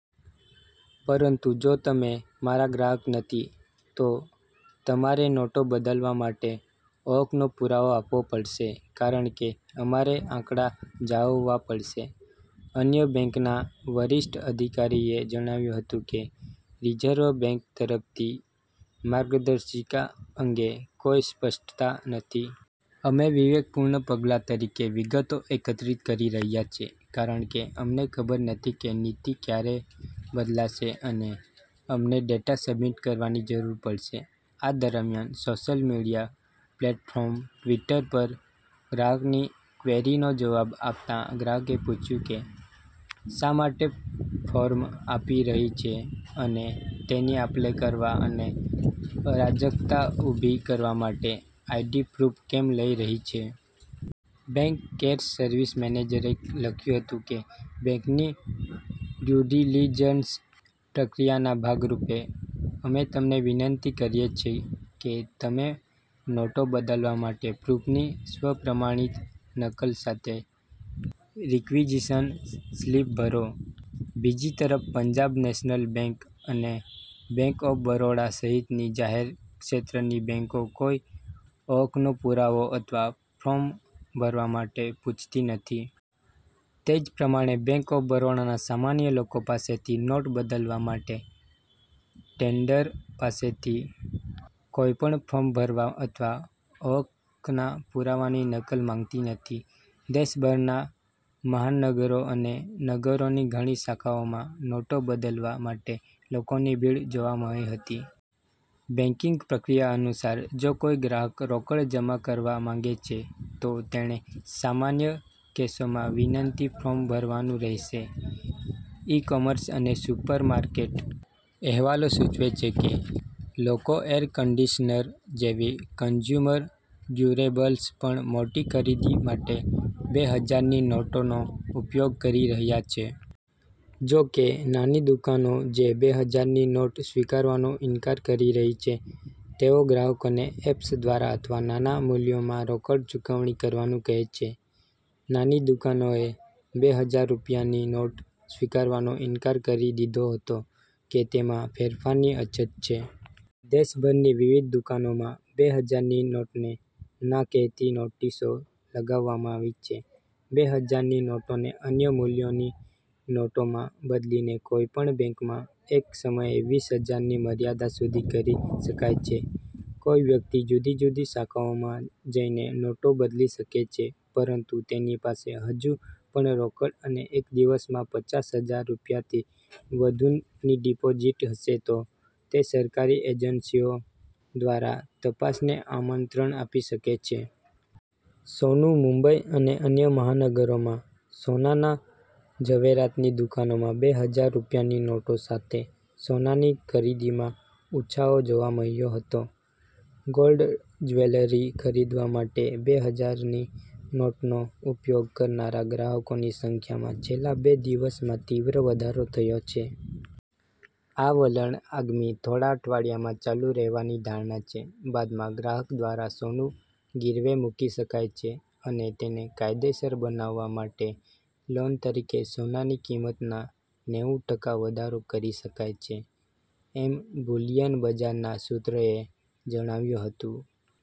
પરંતુ જો તમે મારા ગ્રાહક નથી, તો તમારે નોટો બદલવા માટે ઓળખનો પુરાવો આપવો પડશે કારણ કે અમારે આંકડા જાળવવા પડશે. " અન્ય બેંકના વરિષ્ઠ અધિકારીએ જણાવ્યું હતું કે, "રિઝર્વ બેંક તરફથી માર્ગદર્શિકા અંગે કોઈ સ્પષ્ટતા નથી. અમે વિવેકપૂર્ણ પગલા તરીકે વિગતો એકત્રિત કરી રહ્યા છીએ કારણ કે અમને ખબર નથી કે નીતિ ક્યારે બદલાશે અને અમને ડેટા સબમિટ કરવાની જરૂર પડશે. " આ દરમિયાન, સોશિયલ મીડિયા પ્લેટફોર્મ ટ્વિટર પર ગ્રાહકની ક્વેરીનો જવાબ આપતાં ગ્રાહકે પૂછ્યું કે " શા માટે ફોર્મ આપી રહી છે અને તેની આપલે કરવા અને અરાજકતા ઊભી કરવા માટે આઈડી પ્રૂફ કેમ લઈ રહી છે?" બેંક કેર્સ સર્વિસ મેનેજરે લખ્યું હતું કે., "બેંકની ડ્યુ ડિલિજન્સ પ્રક્રિયાના ભાગ રૂપે, અમે તમને વિનંતી કરીએ છીએ કે તમે નોટો બદલવા માટે પ્રૂફની સ્વ-પ્રમાણિત નકલ સાથે રિક્વિઝિશન સ્લિપ ભરો. " બીજી તરફ, પંજાબ નેશનલ બેંક અને બેંક ઓફ બરોડા સહિતની જાહેર ક્ષેત્રની બેંકો કોઈ ઓળખનો પુરાવો અથવા ફોર્મ ભરવા માટે પૂછતી નથી. તે જ પ્રમાણે, બેંક ઓફ બરોડા સામાન્ય લોકો પાસેથી નોટ બદલવા માટે ટેન્ડરર પાસેથી કોઈપણ ફોર્મ ભરવા અથવા ઓળખના પુરાવાની નકલ માંગતી નથી. દેશભરના મહાનગરો અને નગરોની ઘણી શાખાઓમાં નોટો બદલવા માટે લોકોની ભીડ જોવા મળી હતી. બેંકિંગ પ્રક્રિયાઓ અનુસાર, જો કોઈ ગ્રાહક રોકડ જમા કરાવવા માંગે છે, તો તેણે સામાન્ય કેસોમાં વિનંતી ફોર્મ ભરવાનું રહેશે. ઈ-કોમર્સ અને સુપર માર્કેટ: અહેવાલો સૂચવે છે કે લોકો એર કંડિશનર જેવી કન્ઝ્યુમર ડ્યુરેબલ્સ પણ મોટી ખરીદી માટે બે હજારની નોટોનો ઉપયોગ કરી રહ્યા છે. જો કે, નાની દુકાનો જે બે હજારની નોટ સ્વીકારવાનો ઇનકાર કરી રહી છે તેઓ ગ્રાહકોને એપ્સ દ્વારા અથવા નાના મૂલ્યોમાં રોકડ ચૂકવણી કરવાનું કહે છે. નાની દુકાનોએ બે હજાર રૂપિયાની નોટ સ્વીકારવાનો ઇનકાર કરી દીધો હતો કે તેમાં ફેરફારની અછત છે. દેશભરની વિવિધ દુકાનોમાં બે હજારની નોટને 'ના' કહેતી નોટિસો લગાવવામાં આવી છે. બે હજાર ની નોટોને અન્ય મૂલ્યોની નોટોમાં બદલીને કોઈપણ બેંકમાં એક સમયે વીસ હજારની મર્યાદા સુધી કરી શકાય છે. કોઈ વ્યક્તિ જુદી જુદી શાખાઓમાં જઈને નોટો બદલી શકે છે પરંતુ તેની પાસે હજુ પણ રોકડ અને એક દિવસમાં પચાસ હજાર રૂપિયાથી વધુની ડિપોઝિટ હશે તો તે સરકારી એજન્સીઓ દ્વારા તપાસને આમંત્રણ આપી શકે છે. સોનું: મુંબઈ અને અન્ય મહાનગરોમાં સોનાના ઝવેરાતની દુકાનોમાં બે હજાર રૂપિયાની નોટો સાથે સોનાની ખરીદીમાં ઉછાળો જોવા મળ્યો હતો. ગોલ્ડ જ્વેલરી ખરીદવા માટે બે હજારની નોટનો ઉપયોગ કરનારા ગ્રાહકોની સંખ્યામાં છેલ્લા બે દિવસમાં તીવ્ર વધારો થયો છે. આ વલણ આગામી થોડા અઠવાડિયામાં ચાલુ રહેવાની ધારણા છે. બાદમાં ગ્રાહક દ્વારા સોનું ગીરવે મૂકી શકાય છે અને તેને કાયદેસર બનાવવા માટે લોન તરીકે સોનાની કિંમતના નેવું ટકા વધારો કરી શકાય છે, એમ બુલિયન બજારના સૂત્રએ જણાવ્યું હતું.